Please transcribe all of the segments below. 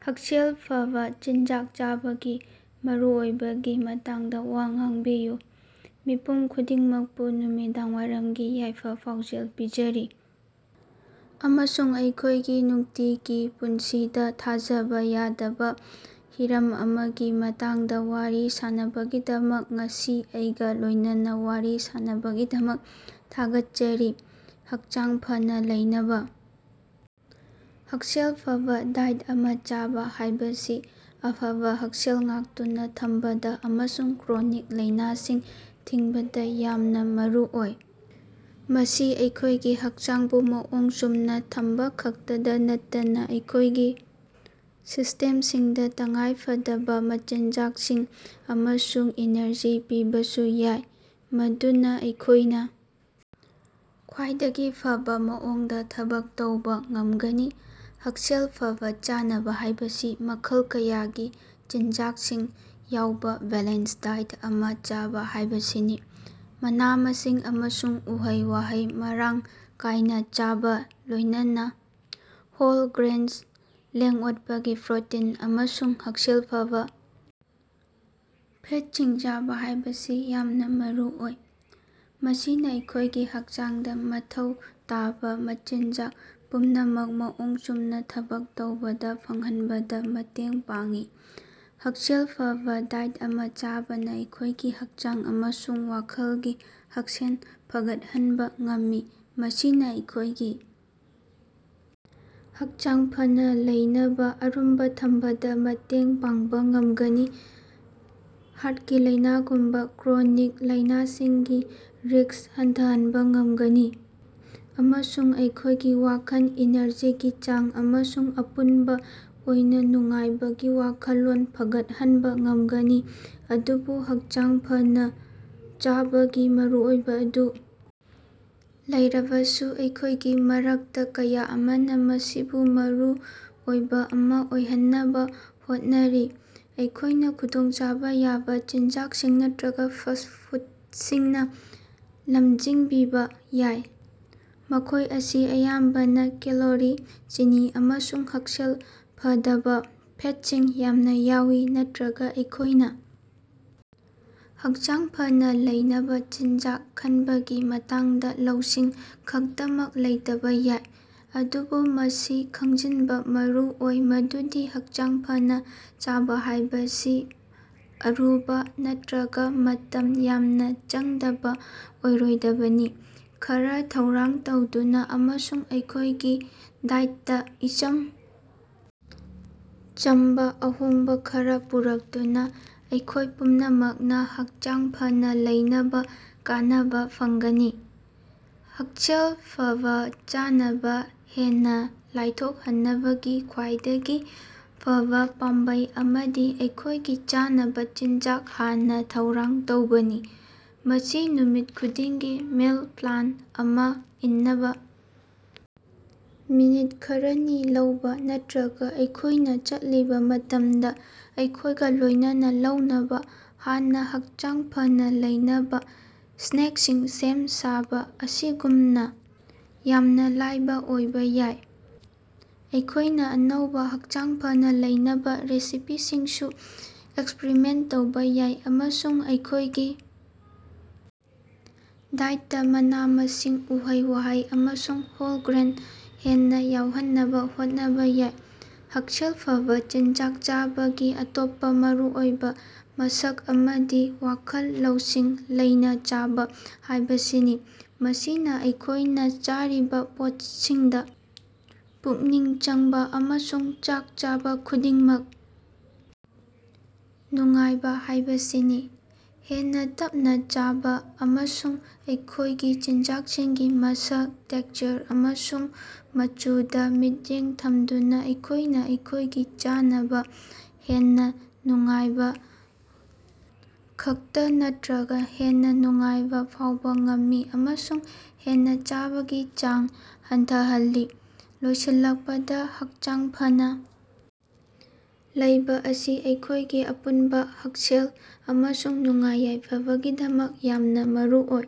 ꯍꯛꯁꯦꯜ ꯐꯕꯥ ꯆꯤꯟꯖꯥꯛ ꯆꯥꯕꯒꯤ ꯃꯔꯨꯑꯣꯏꯕꯒꯤ ꯃꯇꯥꯡꯗꯥ ꯋꯥ ꯉꯥꯡꯕꯤꯌꯨ꯫ ꯃꯤꯄꯨꯝ ꯈꯨꯗꯤꯡꯃꯛꯄꯨ ꯅꯨꯃꯤꯗꯥꯡꯋꯥꯏꯔꯝꯒꯤ ꯌꯥꯏꯐ-ꯄꯥꯎꯖꯦꯜ ꯄꯤꯖꯔꯤ, ꯑꯃꯁꯨꯡ ꯑꯩꯈꯣꯏꯒꯤ ꯅꯨꯡꯇꯤꯒꯤ ꯄꯨꯟꯁꯤꯗꯥ ꯊꯥꯖꯕꯥ ꯌꯥꯗꯕꯥ ꯍꯤꯔꯝ ꯑꯃꯒꯤ ꯃꯇꯥꯡꯗꯥ ꯋꯥꯔꯤ ꯁꯥꯟꯅꯕꯒꯤꯗꯃꯛ ꯉꯁꯤ ꯑꯩꯒꯥ ꯂꯣꯏꯅꯅ ꯋꯥꯔꯤ ꯁꯥꯟꯅꯕꯒꯤꯗꯃꯛ ꯊꯥꯒꯠꯆꯔꯤ: ꯍꯛꯆꯥꯡ ꯐꯅꯥ ꯂꯩꯅꯕꯥ꯫ ꯍꯛꯁꯦꯜ ꯐꯕꯥ ꯗꯥꯏꯠ ꯑꯃ ꯆꯥꯕ ꯍꯥꯏꯕꯁꯤ ꯑꯐꯕꯥ ꯍꯛꯁꯦꯜ ꯉꯥꯛꯇꯨꯅꯥ ꯊꯝꯕꯗꯥ ꯑꯃꯁꯨꯡ ꯀ꯭ꯔꯣꯅꯤꯛ ꯂꯥꯏꯅꯥꯁꯤꯡ ꯊꯤꯡꯕꯗꯥ ꯌꯥꯝꯅꯥ ꯃꯔꯨꯑꯣꯏ꯫ ꯃꯁꯤ ꯑꯩꯈꯣꯏꯒꯤ ꯍꯛꯆꯥꯡꯕꯨ ꯃꯑꯣꯡ ꯆꯨꯝꯅꯥ ꯊꯝꯕꯈꯛꯇꯗꯥ ꯅꯠꯇꯅꯥ ꯑꯩꯈꯣꯏꯒꯤ ꯁꯤꯁꯇꯦꯝꯁꯤꯡꯗꯥ ꯇꯉꯥꯏꯐꯗꯕꯥ ꯃꯆꯤꯟꯖꯥꯛꯁꯤꯡ ꯑꯃꯁꯨꯡ ꯏꯅꯔꯖꯤ ꯄꯤꯕꯁꯨ ꯌꯥꯏ, ꯃꯗꯨꯅꯥ ꯑꯩꯈꯣꯏꯅ ꯈ꯭ꯋꯥꯏꯗꯒꯤ ꯐꯕꯥ ꯃꯑꯣꯡꯗꯥ ꯊꯕꯛ ꯇꯧꯕꯥ ꯉꯝꯒꯅꯤ꯫ ꯍꯛꯁꯦꯜ ꯐꯕꯥ ꯆꯥꯅꯕ ꯍꯥꯏꯕꯁꯤ ꯃꯈꯜ ꯀꯌꯥꯒꯤ ꯆꯤꯟꯖꯥꯛꯁꯤꯡ ꯌꯥꯎꯕꯥ ꯕꯦꯂꯦꯟꯁ ꯗꯥꯏꯠ ꯑꯃ ꯆꯥꯕ ꯍꯥꯏꯕꯁꯤꯅꯤ꯫ ꯃꯅꯥ-ꯃꯁꯤꯡ ꯑꯃꯁꯨꯡ ꯎꯍꯩ-ꯋꯥꯍꯩ ꯃꯔꯥꯡ ꯀꯥꯏꯅ ꯆꯥꯕ, ꯂꯣꯏꯅꯅ ꯍꯣꯜ ꯒ꯭ꯔꯦꯟ, ꯂꯦꯡ-ꯑꯣꯠꯄꯒꯤ ꯄ꯭ꯔꯣꯇꯤꯟ ꯑꯃꯁꯨꯡ ꯍꯛꯁꯦꯜ ꯐꯕꯥ ꯐꯦꯠꯁꯤꯡ ꯆꯥꯕ ꯍꯥꯏꯕꯁꯤ ꯌꯥꯝꯅ ꯃꯔꯨꯑꯣꯏ꯫ ꯃꯁꯤꯅꯥ ꯑꯩꯈꯣꯏꯒꯤ ꯍꯛꯆꯥꯡꯗꯥ ꯃꯊꯧ ꯇꯥꯕ ꯃꯆꯤꯟꯖꯥꯛ ꯄꯨꯝꯅꯃꯛ ꯃꯑꯣꯡ ꯆꯨꯝꯅꯥ ꯊꯕꯛ ꯇꯧꯕꯗꯥ ꯐꯪꯍꯟꯕꯗ ꯃꯇꯦꯡ ꯄꯥꯡꯏ꯫ ꯍꯛꯁꯦꯜ ꯐꯕꯥ ꯗꯥꯏꯠ ꯑꯃ ꯆꯥꯕꯅ ꯑꯩꯈꯣꯏꯒꯤ ꯍꯛꯆꯥꯡ ꯑꯃꯁꯨꯡ ꯋꯥꯈꯜꯒꯤ ꯍꯛꯁꯦꯜ ꯐꯒꯠꯍꯟꯕꯥ ꯉꯝꯃꯤ꯫ ꯃꯁꯤꯅꯥ ꯑꯩꯈꯣꯏꯒꯤ ꯍꯛꯆꯥꯡ ꯐꯅꯥ ꯂꯩꯅꯕꯥ ꯑꯔꯨꯝꯕꯥ ꯊꯝꯕꯗꯥ ꯃꯇꯦꯡ ꯄꯥꯡꯕꯥ ꯉꯝꯒꯅꯤ, ꯍꯥꯔꯠꯀꯤ ꯂꯥꯏꯅꯥꯒꯨꯝꯕꯥ ꯀ꯭ꯔꯣꯅꯤꯛ ꯂꯥꯏꯅꯥꯁꯤꯡꯒꯤ ꯔꯤꯛꯁ ꯍꯟꯊꯍꯟꯕꯥ ꯉꯝꯒꯅꯤ, ꯑꯃꯁꯨꯡ ꯑꯩꯈꯣꯏꯒꯤ ꯋꯥꯈꯜ, ꯏꯅꯔꯖꯤꯒꯤ ꯆꯥꯡ, ꯑꯃꯁꯨꯡ ꯑꯄꯨꯟꯕ ꯑꯣꯏꯅꯥ ꯅꯨꯡꯉꯥꯏꯕꯒꯤ ꯋꯥꯈꯜꯂꯣꯟ ꯐꯒꯠꯍꯟꯕꯥ ꯉꯝꯒꯅꯤ꯫ ꯑꯗꯨꯕꯨ ꯍꯛꯆꯥꯡ ꯐꯅꯥ ꯆꯥꯕꯒꯤ ꯃꯔꯨꯑꯣꯏꯕ ꯑꯗꯨ ꯂꯩꯔꯕꯁꯨ ꯑꯩꯈꯣꯏꯒꯤ ꯃꯔꯛꯇ ꯀꯌꯥ ꯑꯃꯅ ꯃꯁꯤꯕꯨ ꯃꯔꯨ ꯑꯣꯏꯕ ꯑꯃ ꯑꯣꯏꯍꯟꯅꯕ ꯍꯣꯠꯅꯔꯤ꯫ ꯑꯩꯈꯣꯏꯅ ꯈꯨꯗꯣꯡꯆꯥꯕꯥ ꯌꯥꯕ ꯆꯤꯟꯖꯥꯛꯁꯤꯡ ꯅꯠꯇ꯭ꯔꯒꯥ ꯐꯥꯁꯠ ꯐꯨꯠꯁꯤꯡꯅꯥ ꯂꯝꯖꯤꯡꯕꯤꯕꯥ ꯌꯥꯏ, ꯃꯈꯣꯏ ꯑꯁꯤ ꯑꯌꯥꯝꯕꯅ ꯀꯦꯂꯣꯔꯤ, ꯆꯤꯅꯤ ꯑꯃꯁꯨꯡ ꯍꯛꯁꯦꯜ ꯐꯗꯕꯥ ꯐꯦꯠꯁꯤꯡ ꯌꯥꯝꯅ ꯌꯥꯎꯏ꯫ ꯅꯠꯇꯔꯒꯥ ꯑꯩꯈꯣꯏꯅ ꯍꯛꯆꯥꯡ ꯐꯅꯥ ꯂꯩꯅꯕꯥ ꯆꯤꯟꯖꯥꯛ ꯈꯟꯕꯒꯤ ꯃꯇꯥꯡꯗ ꯂꯧꯁꯤꯡ ꯈꯛꯇꯃꯛ ꯂꯩꯇꯕꯥ ꯌꯥꯏ꯫ ꯑꯗꯨꯕꯨ ꯃꯁꯤ ꯈꯪꯖꯤꯟꯕꯥ ꯃꯔꯨ ꯑꯣꯏ ꯃꯗꯨꯗꯤ ꯍꯛꯆꯥꯡ ꯐꯅꯥ ꯆꯥꯕꯥ ꯍꯥꯏꯕꯁꯤ ꯑꯔꯨꯕꯥ ꯅꯠꯇ꯭ꯔꯒꯥ ꯃꯇꯝ ꯌꯥꯝꯅ ꯆꯪꯗꯕ ꯑꯣꯏꯔꯣꯏꯗꯕꯅꯤ꯫ ꯈꯔ ꯊꯧꯔꯥꯡ ꯇꯧꯗꯨꯅꯥ ꯑꯃꯁꯨꯡ ꯑꯩꯈꯣꯏꯒꯤ ꯗꯥꯏꯠꯇꯥ ꯏꯆꯝ ꯆꯝꯕꯥ ꯑꯍꯣꯡꯕꯥ ꯈꯔ ꯄꯨꯔꯛꯇꯨꯅꯥ ꯑꯩꯈꯣꯏ ꯄꯨꯝꯅꯃꯛꯅ ꯍꯛꯆꯥꯡ ꯐꯅꯥ ꯂꯩꯅꯕꯥ ꯀꯥꯟꯅꯕ ꯐꯪꯒꯅꯤ꯫ ꯍꯛꯁꯦꯜ ꯐꯕꯥ ꯆꯥꯅꯕ ꯍꯦꯟꯅꯥ ꯂꯥꯏꯊꯣꯛꯍꯟꯅꯕꯒꯤ ꯈ꯭ꯋꯥꯏꯗꯒꯤ ꯐꯕꯥ ꯄꯥꯝꯕꯩ ꯑꯃꯗꯤ ꯑꯩꯈꯣꯏꯒꯤ ꯆꯥꯅꯕꯥ ꯆꯤꯟꯖꯥꯛ ꯍꯥꯟꯅ ꯊꯧꯔꯥꯡ ꯇꯧꯕꯅꯤ꯫ ꯃꯁꯤ ꯅꯨꯃꯤꯠ ꯈꯨꯗꯤꯡꯒꯤ ꯃꯤꯜ ꯄ꯭ꯂꯥꯟ ꯑꯃ ꯏꯅꯕꯥ ꯃꯤꯅꯤꯠ ꯈꯔꯅꯤ ꯂꯧꯕꯥ, ꯅꯠꯇ꯭ꯔꯒꯥ ꯑꯩꯈꯣꯏꯅ ꯆꯠꯂꯤꯕ ꯃꯇꯝꯗ ꯑꯩꯈꯣꯏꯒ ꯂꯣꯏꯅꯅ ꯂꯧꯅꯕꯥ ꯍꯥꯟꯅꯥ ꯍꯛꯆꯥꯡ ꯐꯅꯥ ꯂꯩꯅꯕꯥ ꯁ꯭ꯅꯦꯛꯁꯤꯡ ꯁꯦꯝ ꯁꯥꯕꯥ ꯑꯁꯤꯒꯨꯝꯅꯥ ꯌꯥꯝꯅꯥ ꯂꯥꯏꯕꯥ ꯑꯣꯏꯕꯥ ꯌꯥꯏ꯫ ꯑꯩꯈꯣꯏꯅ ꯑꯅꯧꯕꯥ, ꯍꯛꯆꯥꯡ ꯐꯅꯥ ꯂꯩꯅꯕꯥ ꯔꯦꯁꯤꯄꯤꯁꯤꯡꯁꯨ ꯑꯦꯛꯁꯄꯔꯤꯃꯦꯟ ꯇꯧꯕꯥ ꯌꯥꯏ ꯑꯃꯁꯨꯡ ꯑꯩꯈꯣꯏꯒꯤ ꯗꯥꯏꯠꯇꯥ ꯃꯅꯥ-ꯃꯁꯤꯡ, ꯎꯍꯩ-ꯋꯥꯍꯩ ꯑꯃꯁꯨꯡ ꯍꯣꯜ ꯒ꯭ꯔꯦꯟ ꯍꯦꯟꯅꯥ ꯌꯥꯎꯍꯟꯅꯕꯥ ꯍꯣꯠꯅꯕꯥ ꯌꯥꯏ꯫ ꯍꯛꯁꯦꯜ ꯐꯕꯥ ꯆꯤꯟꯖꯥꯛ ꯆꯥꯕꯒꯤ ꯑꯇꯣꯞꯄꯥ ꯃꯔꯨꯑꯣꯏꯕꯥ ꯃꯁꯛ ꯑꯃꯗꯤ ꯋꯥꯈꯜ ꯂꯧꯁꯤꯡ ꯂꯩꯅꯥ ꯆꯥꯕ ꯍꯥꯏꯕꯁꯤꯅꯤ꯫ ꯃꯁꯤꯅꯥ ꯑꯩꯈꯣꯏꯅ ꯆꯥꯔꯤꯕꯥ ꯄꯣꯠꯁꯤꯡꯗꯥ ꯄꯨꯛꯅꯤꯡ ꯆꯪꯕꯥ, ꯑꯃꯁꯨꯡ ꯆꯥꯛ ꯆꯥꯕꯥ ꯈꯨꯗꯤꯡꯃꯛ ꯅꯨꯡꯉꯥꯏꯕꯥ ꯍꯥꯏꯕꯁꯤꯅꯤ꯫ ꯍꯦꯟꯅꯥ ꯇꯞꯅꯥ ꯆꯥꯕꯅꯥ, ꯑꯃꯁꯨꯡ ꯑꯩꯈꯣꯏꯒꯤ ꯆꯤꯟꯖꯥꯛꯁꯤꯡꯒꯤ ꯃꯁꯛ, ꯇꯦꯛꯆꯔ ꯑꯃꯁꯨꯡ ꯃꯆꯨꯗꯥ ꯃꯤꯠꯌꯦꯡ ꯊꯝꯗꯨꯅꯥ ꯑꯩꯈꯣꯏꯅ ꯑꯩꯈꯣꯏꯒꯤ ꯆꯥꯅꯕꯥ ꯍꯦꯟꯅꯥ ꯅꯨꯡꯉꯥꯏꯕꯥ ꯈꯛꯇꯥ ꯅꯠꯇꯅꯥ ꯍꯦꯟꯅꯥ ꯅꯨꯡꯉꯥꯏꯕꯥ ꯐꯥꯎꯕ ꯉꯝꯃꯤ ꯑꯃꯁꯨꯡ ꯍꯦꯟꯅꯥ ꯆꯥꯕꯒꯤ ꯆꯥꯡ ꯍꯟꯊꯍꯜꯂꯤ꯫ ꯂꯣꯏꯁꯤꯜꯂꯛꯄꯗꯥ, ꯍꯛꯆꯥꯡ ꯐꯅꯥ ꯂꯩꯕꯥ ꯑꯁꯤ ꯑꯩꯈꯣꯏꯒꯤ ꯑꯄꯨꯟꯕꯥ ꯍꯛꯁꯦꯜ ꯑꯃꯁꯨꯡ ꯅꯨꯡꯉꯥꯏ-ꯌꯥꯏꯐꯕꯒꯤꯗꯃꯛ ꯌꯥꯝꯅꯥ ꯃꯔꯨꯑꯣꯏ꯫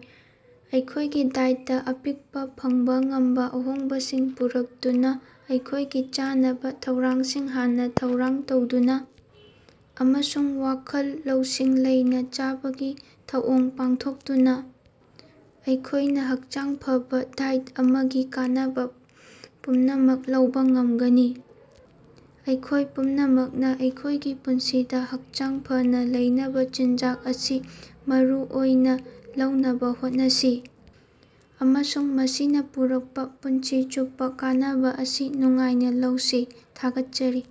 ꯑꯩꯈꯣꯏꯒꯤ ꯗꯥꯏꯠꯇꯥ ꯑꯄꯤꯛꯄꯥ, ꯐꯪꯕꯥ ꯉꯝꯕꯥ ꯑꯍꯣꯡꯕꯁꯤꯡ ꯄꯨꯔꯛꯇꯨꯅꯥ, ꯑꯩꯈꯣꯏꯒꯤ ꯆꯥꯅꯕꯥ ꯊꯧꯔꯥꯡꯁꯤꯡ ꯍꯥꯟꯅꯥ ꯊꯧꯔꯥꯡ ꯇꯧꯗꯨꯅꯥ, ꯑꯃꯁꯨꯡ ꯋꯥꯈꯜ ꯂꯧꯁꯤꯡ ꯂꯩꯅꯥ ꯆꯥꯕꯒꯤ ꯊꯧꯑꯣꯡ ꯄꯥꯡꯊꯣꯛꯇꯨꯅꯥ ꯑꯩꯈꯣꯏꯅ ꯍꯛꯆꯥꯡ ꯐꯕꯥ ꯗꯥꯏꯠ ꯑꯃꯒꯤ ꯀꯥꯟꯅꯕꯥ ꯄꯨꯝꯅꯃꯛ ꯂꯧꯕꯥ ꯉꯝꯒꯅꯤ꯫ ꯑꯩꯈꯣꯏ ꯄꯨꯝꯅꯃꯛꯅꯥ ꯑꯩꯈꯣꯏꯒꯤ ꯄꯨꯟꯁꯤꯗꯥ ꯍꯛꯆꯥꯡ ꯐꯅꯥ ꯂꯩꯅꯕꯥ ꯆꯤꯟꯖꯥꯛ ꯑꯁꯤ ꯃꯔꯨ ꯑꯣꯏꯅꯥ ꯂꯧꯅꯕꯥ ꯍꯣꯠꯅꯁꯤ, ꯑꯃꯁꯨꯡ ꯃꯁꯤꯅꯥ ꯄꯨꯔꯛꯄꯥ ꯄꯨꯟꯁꯤ ꯆꯨꯞꯄꯥ ꯀꯥꯟꯅꯕꯥ ꯑꯁꯤ ꯅꯨꯡꯉꯥꯏꯅꯥ ꯂꯧꯁꯤ꯫ ꯊꯥꯒꯠꯆꯔꯤ.